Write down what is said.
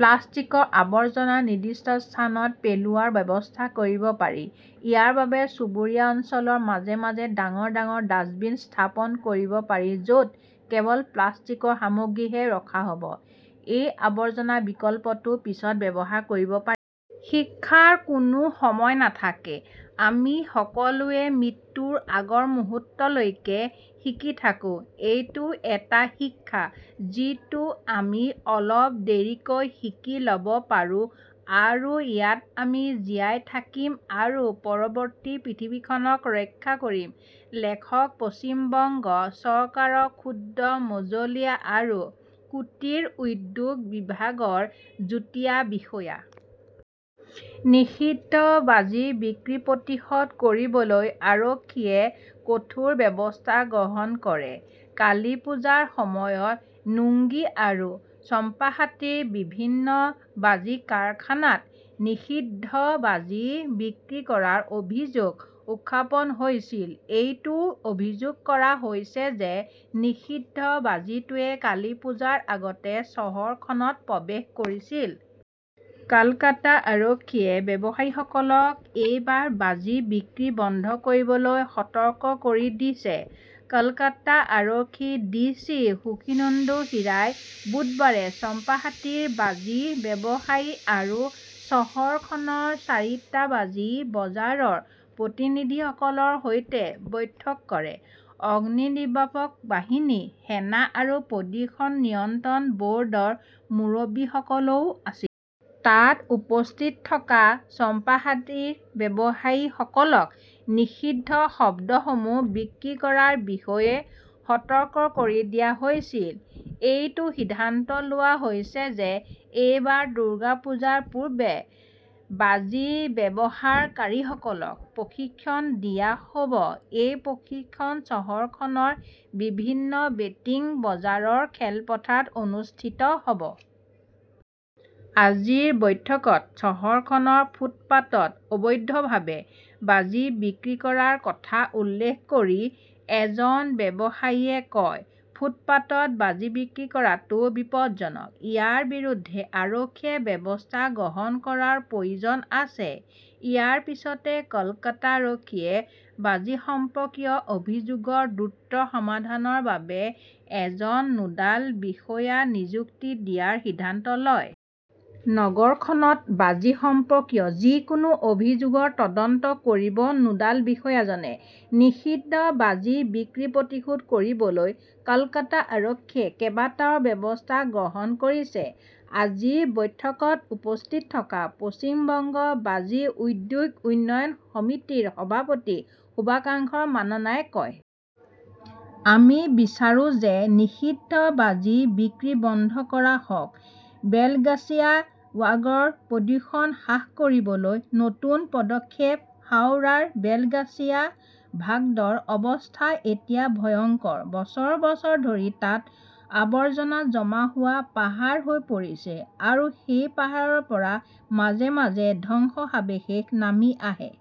প্লাষ্টিকৰ আৱৰ্জনা নিৰ্দিষ্ট স্থানত পেলোৱাৰ ব্যৱস্থা কৰিব পাৰি। ইয়াৰ বাবে চুবুৰীয়া অঞ্চলৰ মাজে-মাজে ডাঙৰ - ডাঙৰ ডাস্টবিন স্থাপন কৰিব পাৰি য'ত কেৱল প্লাষ্টিকৰ সামগ্ৰীহে ৰখা হ'ব। এই আৱৰ্জনা বিকল্পটো পিছত ব্যৱহাৰ কৰিব পাৰি। শিক্ষাৰ কোনো সময় নাথাকে, আমি সকলোৱে মৃত্যুৰ আগৰ মুহূৰ্তলৈকে শিকি থাকো। এইটোও এটা শিক্ষা যিটো আমি অলপ দেৰিকৈ শিকি ল'ব পাৰো আৰু ইয়াত আমি জীয়াই থাকিম আৰু পৰৱৰ্তী পৃথিৱীখনক ৰক্ষা কৰিম। লেখক পশ্চিম বংগ চৰকাৰৰ ক্ষুদ্ৰ, মজলীয়া আৰু কুটীৰ উদ্যোগ বিভাগৰ যুটীয়া বিষয়া। নিষিদ্ধ বাজি বিক্ৰী প্ৰতিহত কৰিবলৈ আৰক্ষীয়ে কঠোৰ ব্যৱস্থা গ্ৰহণ কৰে কালিপূজাৰ সময়ত নুঙ্গি আৰু চম্পাহাটিৰ বিভিন্ন বাজি কাৰখানাত নিষিদ্ধ বাজি বিক্ৰী কৰাৰ অভিযোগ উত্থাপন হৈছিল। এইটোও অভিযোগ কৰা হৈছে যে নিষিদ্ধ বাজিটোৱে কালিপুজাৰ আগতে চহৰখনত প্ৰৱেশ কৰিছিল। কলকাতা আৰক্ষীয়ে ব্যৱসায়ীসকলক এইবাৰ বাজি বিক্ৰী বন্ধ কৰিবলৈ সতৰ্ক কৰি দিছে। কলকাতা আৰক্ষীৰ ডিচি সুখীন্দু হিৰাই বুধবাৰে চম্পাহাটিৰ বাজি ব্যৱসায়ী আৰু চহৰখনৰ চাৰিটা বাজি বজাৰৰ প্ৰতিনিধিসকলৰ সৈতে বৈঠক কৰে। অগ্নিনিৰ্বাপক বাহিনী, সেনা আৰু প্ৰদূষণ নিয়ন্ত্ৰণ বৰ্ডৰ মুৰব্বীসকলও আছিল। তাত উপস্থিত থকা চম্পাহাটিৰ ব্যৱসায়ীসকলক নিষিদ্ধ শব্দসমূহ বিক্ৰী কৰাৰ বিষয়ে সতৰ্ক কৰি দিয়া হৈছিল। এইটো সিদ্ধান্ত লোৱা হৈছে যে এইবাৰ দুৰ্গা পূজাৰ পূৰ্বে বাজি ব্যৱহাৰকাৰীসকলক প্ৰশিক্ষণ দিয়া হ'ব। এই প্ৰশিক্ষণ চহৰখনৰ বিভিন্ন বেটিং বজাৰৰ খেলপথাৰত অনুষ্ঠিত হ'ব। আজিৰ বৈঠকত চহৰখনৰ ফুটপাতত অবৈধভাৱে বাজি বিক্ৰী কৰাৰ কথা উল্লেখ কৰি এজন ব্যৱসায়ীয়ে কয়, ফুটপাতত বাজি বিক্ৰী কৰাটো বিপজ্জনক। ইয়াৰ বিৰুদ্ধে আৰক্ষীয়ে ব্যৱস্থা গ্ৰহণ কৰাৰ প্ৰয়োজন আছে। ইয়াৰ পিছতে কলকাতা আৰক্ষীয়ে বাজি সম্পৰ্কীয় অভিযোগৰ দ্ৰুত সমাধানৰ বাবে এজন নোডাল বিষয়া নিযুক্তি দিয়াৰ সিদ্ধান্ত লয়। নগৰখনত বাজি সম্পৰ্কীয় যিকোনো অভিযোগৰ তদন্ত কৰিব নোডাল বিষয়াজনে। নিষিদ্ধ বাজি বিক্ৰী প্ৰতিৰোধ কৰিবলৈ কলকাতা আৰক্ষীয়ে কেইবাটাও ব্যৱস্থা গ্ৰহণ কৰিছে, আজি বৈঠকত উপস্থিত থকা পশ্চিম বংগ বাজি উদ্যোগ উন্নয়ন সমিতিৰ সভাপতি শুভঙ্কাৰ মাননাই কয়। আমি বিচাৰো যে নিষিদ্ধ বাজি বিক্ৰী বন্ধ কৰা হওক। বেলগাছিয়া ৱাগৰ প্ৰদূষণ হ্ৰাস কৰিবলৈ নতুন পদক্ষেপ হাওৰাৰ বেলগাছিয়া ভাগড়ৰ অৱস্থা এতিয়া ভয়ংকৰ বছৰ - বছৰ ধৰি তাত আৱৰ্জনা জমা হোৱা পাহাৰ হৈ পৰিছে। আৰু সেই পাহাৰৰ পৰা মাজে মাজে ধ্বংসাৱশেষ নামি আহে।